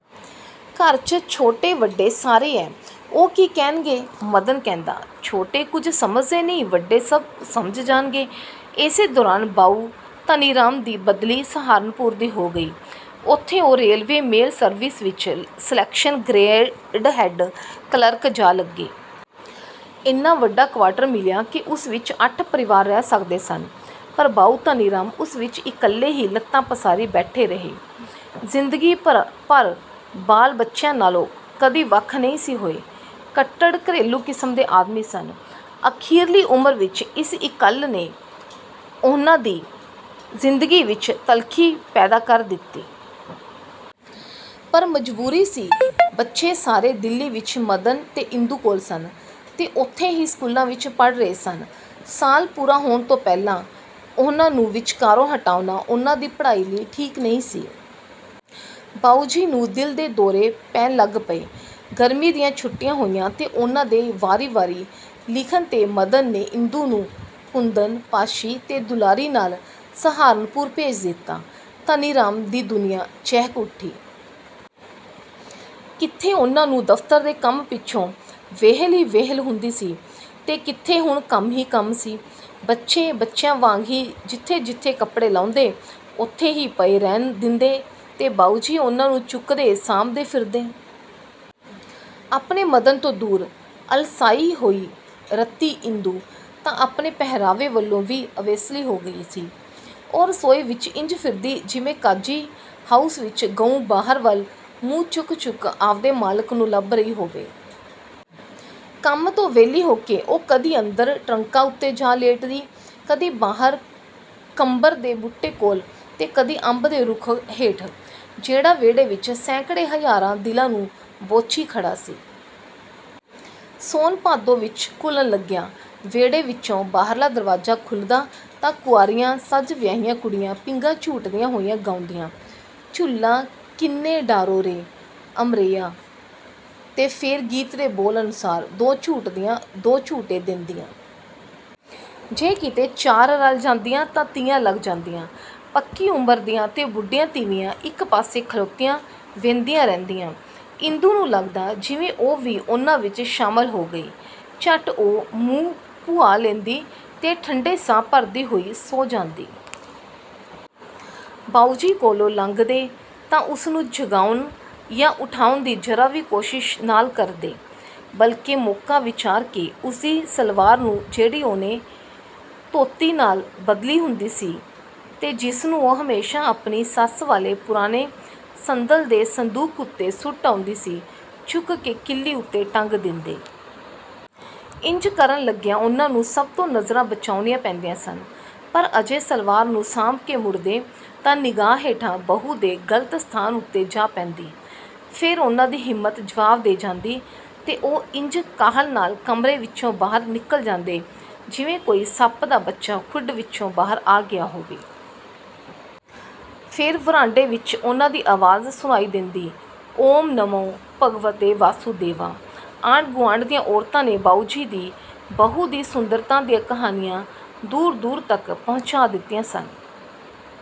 ਘਰ 'ਚ ਛੋਟੇ–ਵੱਡੇ ਸਾਰੇ ਐ, ਉਹ ਕੀ ਕਹਿਣਗੇ? " ਮਦਨ ਕਹਿੰਦਾ-"ਛੋਟੇ ਕੁਛ ਸਮਝਦੇ ਨਹੀਂ, ਵੱਡੇ ਸਭ ਸਮਝ ਜਾਣਗੇ! " ਇਸੇ ਦੌਰਾਨ ਬਾਊ ਧਨੀਰਾਮ ਦੀ ਬਦਲੀ ਸਹਾਰਨਪੁਰ ਦੀ ਹੋ ਗਈ। ਉੱਥੇ ਉਹ ਰੇਲਵੇ ਮੇਲ ਸਰਵਿਸ ਵਿਚ ਸਲੇਕਸ਼ਨ ਗਰੇਡ ਹੈਡ–ਕਲਰਕ ਜਾ ਲੱਗੇ। ਏਨਾ ਵੱਡਾ ਕਵਾਰਟਰ ਮਿਲਿਆ ਕਿ ਉਸ ਵਿਚ ਅੱਠ ਪਰਿਵਾਰ ਰਹਿ ਸਕਦੇ ਸਨ। ਪਰ ਬਾਊ ਧਨੀਰਾਮ ਉਸ ਵਿਚ ਇਕੱਲੇ ਹੀ ਲੱਤਾਂ ਪਸਾਰੀ ਬੈਠੇ ਰਹੇ। ਜ਼ਿੰਦਗੀ ਭਰ ਬਾਲ–ਬੱਚਿਆਂ ਨਾਲੋਂ ਕਦੀ ਵੱਖ ਨਹੀਂ ਸੀ ਹੋਏ। ਕੱਟੜ ਘਰੇਲੂ ਕਿਸਮ ਦੇ ਆਦਮੀ ਸਨ, ਅਖ਼ੀਰਲੀ ਉਮਰ ਵਿਚ ਇਸ ਇਕੱਲ ਨੇ ਉਹਨਾਂ ਦੀ ਜ਼ਿੰਦਗੀ ਵਿਚ ਤਲਖ਼ੀ ਪੈਦਾ ਕਰ ਦਿਤੀ। ਪਰ ਮਜ਼ਬੂਰੀ ਸੀ। ਬੱਚੇ ਸਾਰੇ ਦਿੱਲੀ ਵਿਚ ਮਦਨ ਤੇ ਇੰਦੂ ਕੋਲ ਸਨ ਤੇ ਉੱਥੇ ਹੀ ਸਕੂਲਾਂ ਵਿਚ ਪੜ੍ਹ ਰਹੇ ਸਨ। ਸਾਲ ਪੂਰਾ ਹੋਣ ਤੋਂ ਪਹਿਲਾਂ ਉਹਨਾਂ ਨੂੰ ਵਿਚਕਾਰੋਂ ਹਟਾਉਣਾ ਉਹਨਾਂ ਦੀ ਪੜ੍ਹਾਈ ਲਈ ਠੀਕ ਨਹੀਂ ਸੀ। ਬਾਊਜੀ ਨੂੰ ਦਿਲ ਦੇ ਦੌਰੇ ਪੈਣ ਲੱਗ ਪਏ। ਗਰਮੀ ਦੀਆਂ ਛੁੱਟੀਆਂ ਹੋਈਆਂ ਤੇ ਉਹਨਾਂ ਦੇ ਵਾਰੀ ਵਾਰੀ ਲਿਖਣ 'ਤੇ ਮਦਨ ਨੇ ਇੰਦੂ ਨੂੰ ਕੁੰਦਨ, ਪਾਸ਼ੀ ਤੇ ਦੁਲਾਰੀ ਨਾਲ ਸਹਾਰਨਪੁਰ ਭੇਜ ਦਿਤਾ। ਧਨੀਰਾਮ ਦੀ ਦੁਨੀਆਂ ਚਹਿਕ ਉੱਠੀ। ਕਿੱਥੇ ਉਹਨਾਂ ਨੂੰ ਦਫ਼ਤਰ ਦੇ ਕੰਮ ਪਿੱਛੋਂ ਵਿਹਲ ਹੀ ਵਿਹਲ ਹੁੰਦੀ ਸੀ ਤੇ ਕਿੱਥੇ ਹੁਣ ਕੰਮ ਹੀ ਕੰਮ ਸੀ। ਬੱਚੇ, ਬੱਚਿਆਂ ਵਾਂਗ ਹੀ ਜਿੱਥੇ ਜਿੱਥੇ ਕਪੜੇ ਲਾਹੁੰਦੇ ਉੱਥੇ ਹੀ ਪਏ ਰਹਿਣ ਦਿੰਦੇ ਤੇ ਬਾਊਜੀ ਉਹਨਾਂ ਨੂੰ ਚੁੱਕਦੇ, ਸਾਂਭਦੇ ਫਿਰਦੇ। ਆਪਣੇ ਮਦਨ ਤੋਂ ਦੂਰ, ਅਲਸਾਈ ਹੋਈ ਰਤੀ ਇੰਦੂ ਤਾਂ ਆਪਣੇ ਪਹਿਰਾਵੇ ਵੱਲੋਂ ਵੀ ਅਵੇਸਲੀ ਹੋ ਗਈ ਸੀ। ਉਹ ਰਸੋਈ ਵਿਚ ਇੰਜ ਫਿਰਦੀ, ਜਿਵੇਂ ਕਾਜ਼ੀ ਹਾਊਸ ਵਿਚ ਗਊ ਬਾਹਰ ਵੱਲ ਮੂੰਹ ਚੁੱਕ ਚੁੱਕ ਆਪਦੇ ਮਾਲਿਕ ਨੂੰ ਲੱਭ ਰਹੀ ਹੋਵੇ। ਕੰਮ ਤੋਂ ਵਿਹਲੀ ਹੋ ਕੇ ਉਹ ਕਦੀ ਅੰਦਰ ਟਰੰਕਾਂ ਉੱਤੇ ਜਾ ਲੇਟਦੀ, ਕਦੀ ਬਾਹਰ ਕੰਬਰ ਦੇ ਬੂਟੇ ਕੋਲ ਤੇ ਕਦੀ ਅੰਬ ਦੇ ਰੁੱਖ਼ ਹੇਠ, ਜਿਹੜਾ ਵਿਹੜੇ ਵਿਚ ਸੈਂਕੜੇ ਹਜ਼ਾਰਾਂ ਦਿਲਾਂ ਨੂੰ ਬੋਚੀ ਖੜ੍ਹਾ ਸੀ। ਸੌਣ, ਭਾਦੋਂ ਵਿਚ ਘੁਲਣ ਲੱਗਿਆ। ਵਿਹੜੇ ਵਿਚੋਂ ਬਾਹਰਲਾ ਦਰਵਾਜ਼ਾ ਖੁੱਲ੍ਹਦਾ ਤਾਂ ਕੁਆਰੀਆਂ, ਸੱਜ–ਵਿਆਹੀਆਂ ਕੁੜੀਆਂ ਪੀਂਘਾਂ ਝੂਟਦੀਆਂ ਹੋਈਆਂ ਗਾਉਂਦੀਆਂ: 'ਝੂਲਾ ਕਿਨ ਨੇ ਡਾਰੋ ਰੇ ਅਮਰੈਯਾਂ… ' ਤੇ ਫੇਰ ਗੀਤ ਦੇ ਬੋਲ ਅਨੁਸਾਰ ਦੋ ਝੂਟਦੀਆਂ, ਦੋ ਝੂਟੇ ਦੇਂਦੀਆਂ। ਜੇ ਕਿਤੇ ਚਾਰ ਰਲ ਜਾਂਦੀਆਂ ਤਾਂ ਤੀਆਂ ਲੱਗ ਜਾਂਦੀਆਂ। ਪੱਕੀ ਉਮਰ ਦੀਆਂ ਤੇ ਬੁੱਢੀਆਂ ਤੀਵੀਂਆਂ ਇਕ ਪਾਸੇ ਖਲੋਤੀਆਂ ਵਿਹੰਦੀਆਂ ਰਹਿੰਦੀਆਂ। ਇੰਦੂ ਨੂੰ ਲੱਗਦਾ ਜਿਵੇਂ ਉਹ ਵੀ ਉਹਨਾਂ ਵਿਚ ਸ਼ਾਮਿਲ ਹੋ ਗਈ ਹੈ। ਝੱਟ ਉਹ ਮੂੰਹ ਭੂਆਂ ਲੈਂਦੀ ਤੇ ਠੰਡੇ ਸਾਹ ਭਰਦੀ ਹੋਈ ਸੌਂ ਜਾਂਦੀ। ਬਾਊਜੀ ਕੋਲੋਂ ਲੰਘਦੇ ਤਾਂ ਉਸਨੂੰ ਜਗਾਉਣ ਜਾਂ ਉਠਾਉਣ ਦੀ ਜ਼ਰਾ ਵੀ ਕੋਸ਼ਿਸ਼ ਨਾਲ ਕਰਦੇ, ਬਲਿਕੇ ਮੌਕਾ ਵਿਚਾਰ ਕੇ ਉਸਦੀ ਸਲਵਾਰ ਨੂੰ ਜਿਹੜੀ ਉਹਨੇ ਧੋਤੀ ਨਾਲ ਬਦਲੀ ਹੁੰਦੀ ਸੀ ਤੇ ਜਿਸਨੂੰ ਉਹ ਹਮੇਸ਼ਾ ਆਪਣੀ ਸੱਸ ਵਾਲੇ ਪੁਰਾਣੇ ਸੰਦਲ ਦੇ ਸੰਦੂਕ ਉੱਤੇ ਸੁੱਟ ਆਉਂਦੀ ਸੀ, ਚੁੱਕ ਕੇ ਕਿੱਲੀ ਉੱਤੇ ਟੰਗ ਦਿੰਦੇ। ਇੰਜ ਕਰਨ ਲੱਗਿਆਂ ਉਹਨਾਂ ਨੂੰ ਸਭ ਤੋਂ ਨਜ਼ਰਾਂ ਬਚਾਉਣੀਆਂ ਪੈਂਦੀਆਂ ਸਨ। ਪਰ ਅਜੇ ਸਲਵਾਰ ਨੂੰ ਸਾਂਭ ਕੇ ਮੁੜਦੇ, ਤਾਂ ਨਿਗਾਹ ਹੇਠਾਂ ਬਹੂ ਦੇ ਗਲਤ ਸਥਾਨ ਉੱਤੇ ਜਾ ਪੈਂਦੀ। ਫੇਰ ਉਹਨਾਂ ਦੀ ਹਿੰਮਤ ਜਵਾਬ ਦੇ ਜਾਂਦੀ ਤੇ ਉਹ ਇੰਜ ਕਾਹਲ ਨਾਲ ਕਮਰੇ ਵਿਚੋਂ ਬਾਹਰ ਨਿਕਲ ਜਾਂਦੇ, ਜਿਵੇਂ ਕੋਈ ਸੱਪ ਦਾ ਬੱਚਾ ਖੁੱਡ ਵਿਚੋਂ ਬਾਹਰ ਆ ਗਿਆ ਹੋਵੇ। ਫੇਰ ਵਰਾਂਡੇ ਵਿਚ ਉਹਨਾਂ ਦੀ ਆਵਾਜ਼ ਸੁਣਾਈ ਦੇਂਦੀ-'ਓਮ ਨਮੋ ਭਗਵਤੇ ਵਾਸੁਦੇਵਾ… ' ਆਂਢ–ਗੁਆਂਢ ਦੀਆਂ ਔਰਤਾਂ ਨੇ ਬਾਊਜੀ ਦੀ ਬਹੂ ਦੀ ਸੁੰਦਰਤਾ ਦੀਆਂ ਕਹਾਣੀਆਂ ਦੂਰ–ਦੂਰ ਤਕ ਪਹੁੰਚਾਅ ਦਿਤੀਆਂ ਸਨ।